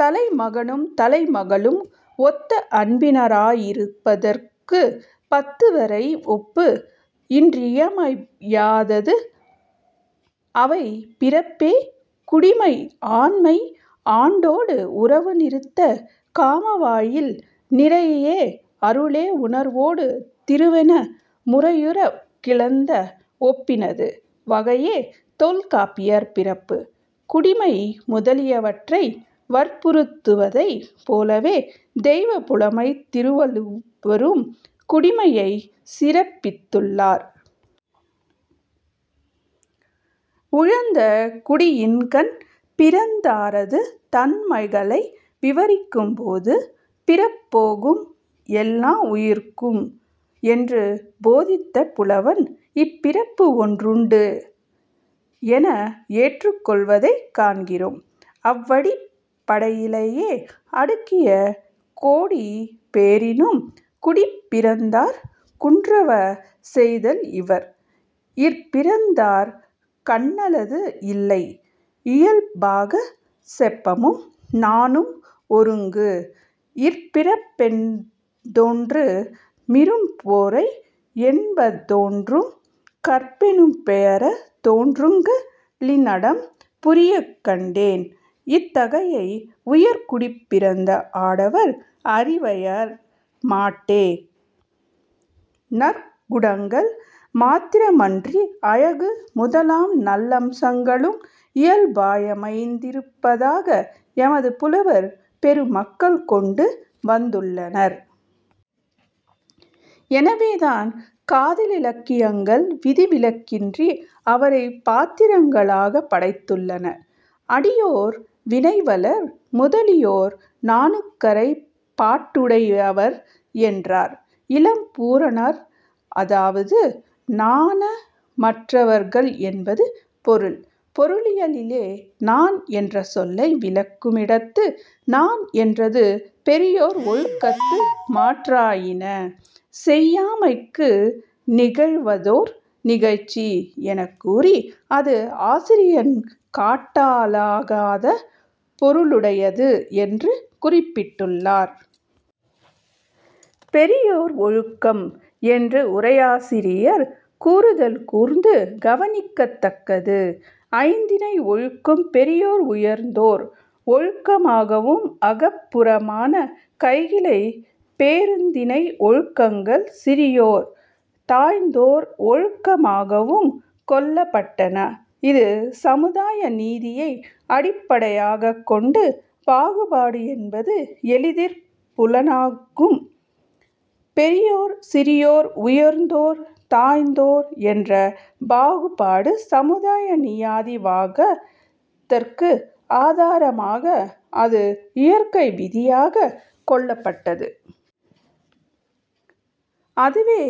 தலைமகனும் தலைமகளும் ஒத்த அன்பினராயிருப்பதற்குப் பத்துவரை ஒப்பு இன்றியமையாதது. அவை, பிறப்பே குடிமை ஆண்மை ஆண்டொடு உருவு நிறுத்த காம வாயில் நிறையே அருளே உணர்வொடு திருவென முறையுறக் கிளந்த ஒப்பினது வகையே தொல்காப்பியர் பிறப்பு, குடிமை முதலியவற்றை வற்புறுத்துவதைப் போலவே, தெய்வப் புலமைத் திருவள்ளுவரும், குடிமையைச் சிறப்பித்துள்ளார். உயர்ந்த குடியின்கண் பிறந்தாரது தன்மைகளை விவரிக்கும்போது, "பிறப்பொக்கும் எல்லா உயிர்க்கும்" என்று போதித்த புலவன், 'இப்பிறப்பு ஒன்றுண்டு' என ஏற்றுக் கொள்வதைக் காண்கிறோம். அவ்வடிப்படையிலேயே "அடுக்கிய கோடி பெறினும் குடிப்பிறந்தார் குன்றுவ செய்தல் இலர்" "இற்பிறந்தார் கண்ணல்லது இல்லை இயல்பாகச் செப்பமும் நாணும் ஒருங்கு" "இற்பிறப் பென்பதொன்று மிரும்பொறை யென்பதொன்றும் கற்பெனும் பெயர தொன்றுங் களிநடம் புரியக் கண்டேன்" இத்தகைய உயர்குடிப்பிறந்த ஆடவர் அரிவையர் மாட்டே, நற்குணங்கள், மாத்திரமன்றி அழகு முதலாம் நல்லம்சங்களும் இயல்பாயமைந்திருப்பதாக எமது புலவர் பெருமக்கள் கொண்டு வந்துள்ளனர். எனவேதான் காதலிலக்கியங்கள் விதிவிலக்கின்றி அவரைப் பாத்திரங்களாகப் படைத்துள்ளன. அடியோர், வினைவலர் முதலியோர் 'நாணுக்கறை பாடுடையவர்' என்றார் இளம்பூரணர். அதாவது நாணமற்றவர்கள் என்பது பொருள். பொருளியலிலே 'நாண்' என்ற சொல்லை விளக்குமிடத்து, "நாண் என்றது-பெரியோர் ஒழுக்கத்து மாறாயின செய்யாமைக்கு நிகழ்வதோர் நிகழ்ச்சி" எனக்கூறி, அது ஆசிரியன் காட்டலாகாத பொருளுடையது என்று குறிப்பிட்டுள்ளார். 'பெரியோர் ஒழுக்கம்' என்று உரையாசிரியர் கூறுதல் கூர்ந்து கவனிக்கத்தக்கது. ஐந்திணை ஒழுக்கம் பெரியோர் உயர்ந்தோர்- ஒழுக்கமாகவும், அகப்புறமான கைக்கிளை பெருந்திணை ஒழுக்கங்கள் சிறியோர்-தாழ்ந்தோர் ஒழுக்கமாகவும் கொள்ளப்பட்டன. இது சமுதாய நீதியை அடிப்படையாகக் கொண்ட பாகுபாடு என்பது எளிதிற் புலனாகும். பெரியோர்-சிறியோர், உயர்ந்தோர் தாழ்ந்தோர், என்ற பாகுபாடு சமுதாய நியதியாவதற்கு ஆதாரமாக அது இயற்கை விதியாகக் கொள்ளப்பட்டது. அதுவே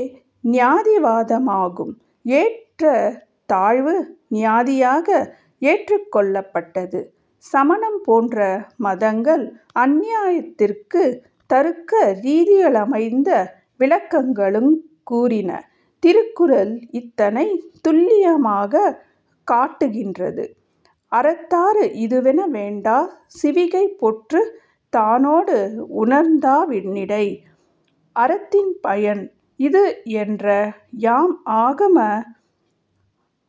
நியதிவாதமாகும். ஏற்றத்தாழ்வு நியதியாக ஏற்றுக்கொள்ளப்பட்டது. சமணம் போன்ற மதங்கள் அந்நியதிக்குத் தருக்க ரீதியிலமைந்த விளக்கங்களுங் கூறின. திருக்குறள் இதனைத் துல்லியமாகக் காட்டுகீன்றது: "அறத்தாறு இதுவென வேண்டா சிவிகை பொறுத்தானோடு ஊர்ந்தா னிடை" "அறத்தின் பயன் இது என்று யாம் ஆகம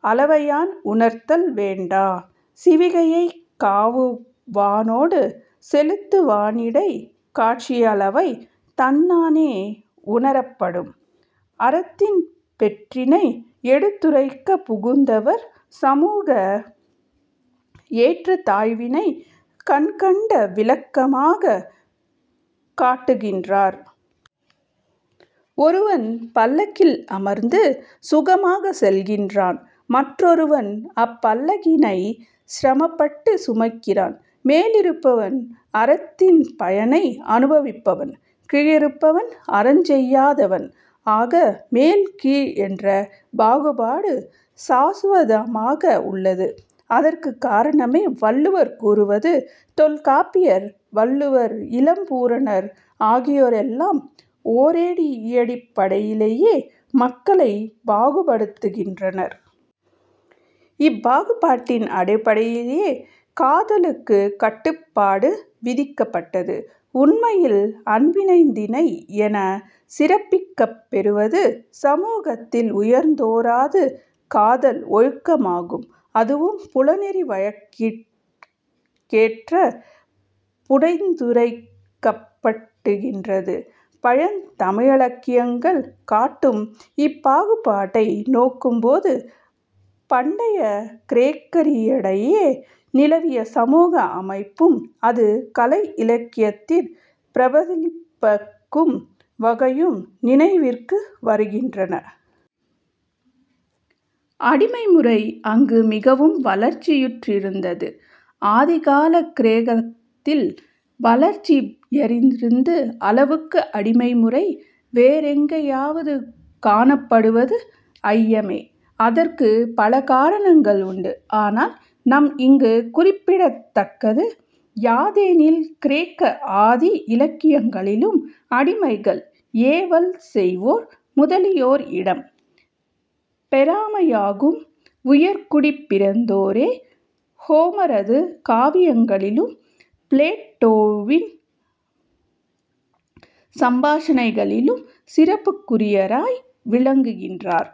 அளவையான் உணர்த்தல் வேண்டா; சிவிகையைக் காவுவானோடு செலுத்துவானிடைக் காட்சியளவை தன்னானே உணரப்படும்" அறத்தின் பேற்றினை எடுத்துரைக்கப் புகுந்தவர் சமூக ஏற்றத்தாழ்வினைக் கண்கண்ட விளக்கமாகக் காட்டுகின்றார். ஒருவன் பல்லக்கில் அமர்ந்து சுகமாகச் செல்கின்றான். மற்றொருவன் அப்பல்லக்கினைச் சிரமப்பட்டுச் சுமக்கிறான். மேலிருப்பவன் அறத்தின் பயனை அனுபவிப்பவன். கீழிருப்பவன் அறஞ்செய்யாதவன். ஆக, மேல், கீழ் என்ற பாகுபாடு சாசுவதமாக உள்ளது. அதற்குக் காரணமே வள்ளுவர் கூறுவது. தொல்காப்பியர், வள்ளுவர், இளம்பூரணர், ஆகியோரெல்லாம் ஒரேயடிப்படையிலேயே மக்களைப் பாகுபடுத்துகின்றனர். இப்பாகுபாட்டின் அடிப்படையிலேயே காதலுக்குக் கட்டுப்பாடு விதிக்கப்பட்டது. உண்மையில் அன்பினைந்திணை எனச் சிறப்பிக்கப்பெறுவது சமூகத்தில் உயர்ந்தோரது காதல் ஒழுக்கமாகும். அதுவும் புலனெறி வழக்கிற்கேற்பப் புனைந்துரைக்கப்படுகின்றது. பழந்தமிழிலக்கியங்கள் காட்டும் இப்பாகுபாட்டை நோக்கும் போது, பண்டைய கிரேக்கரிடையே நிலவிய சமூக அமைப்பும், அது கலை இலக்கியத்திற் பிரதிபலிக்கும் வகையும் நினைவிற்கு வருகின்றன. அடிமைமுறை அங்கு மிகவும் வளர்ச்சியுற்றிருந்தது. ஆதிகாலக் கிரேக்கத்தில் வளர்ச்சி யற்றிருந்த அளவுக்கு அடிமைமுறை வேறெங்கேயாவது காணப்படுவது ஐயமே. அதற்குப் பல காரணங்கள் உண்டு. ஆனால் நாம் இங்குக் குறிப்பிடத்தக்கது யாதெனில் கிரேக்க ஆதி இலக்கியங்களிலும் அடிமைகள், ஏவல் செய்வோர் முதலியோர் இடம் பெறாமையாகும். உயர்குடிப் பிறந்தோரே ஹோமரது காவியங்களிலும் பிளேட்டோவின் சம்பாஷணைகளிலும் சிறப்புக்குரியராய் விளங்குகின்றார்.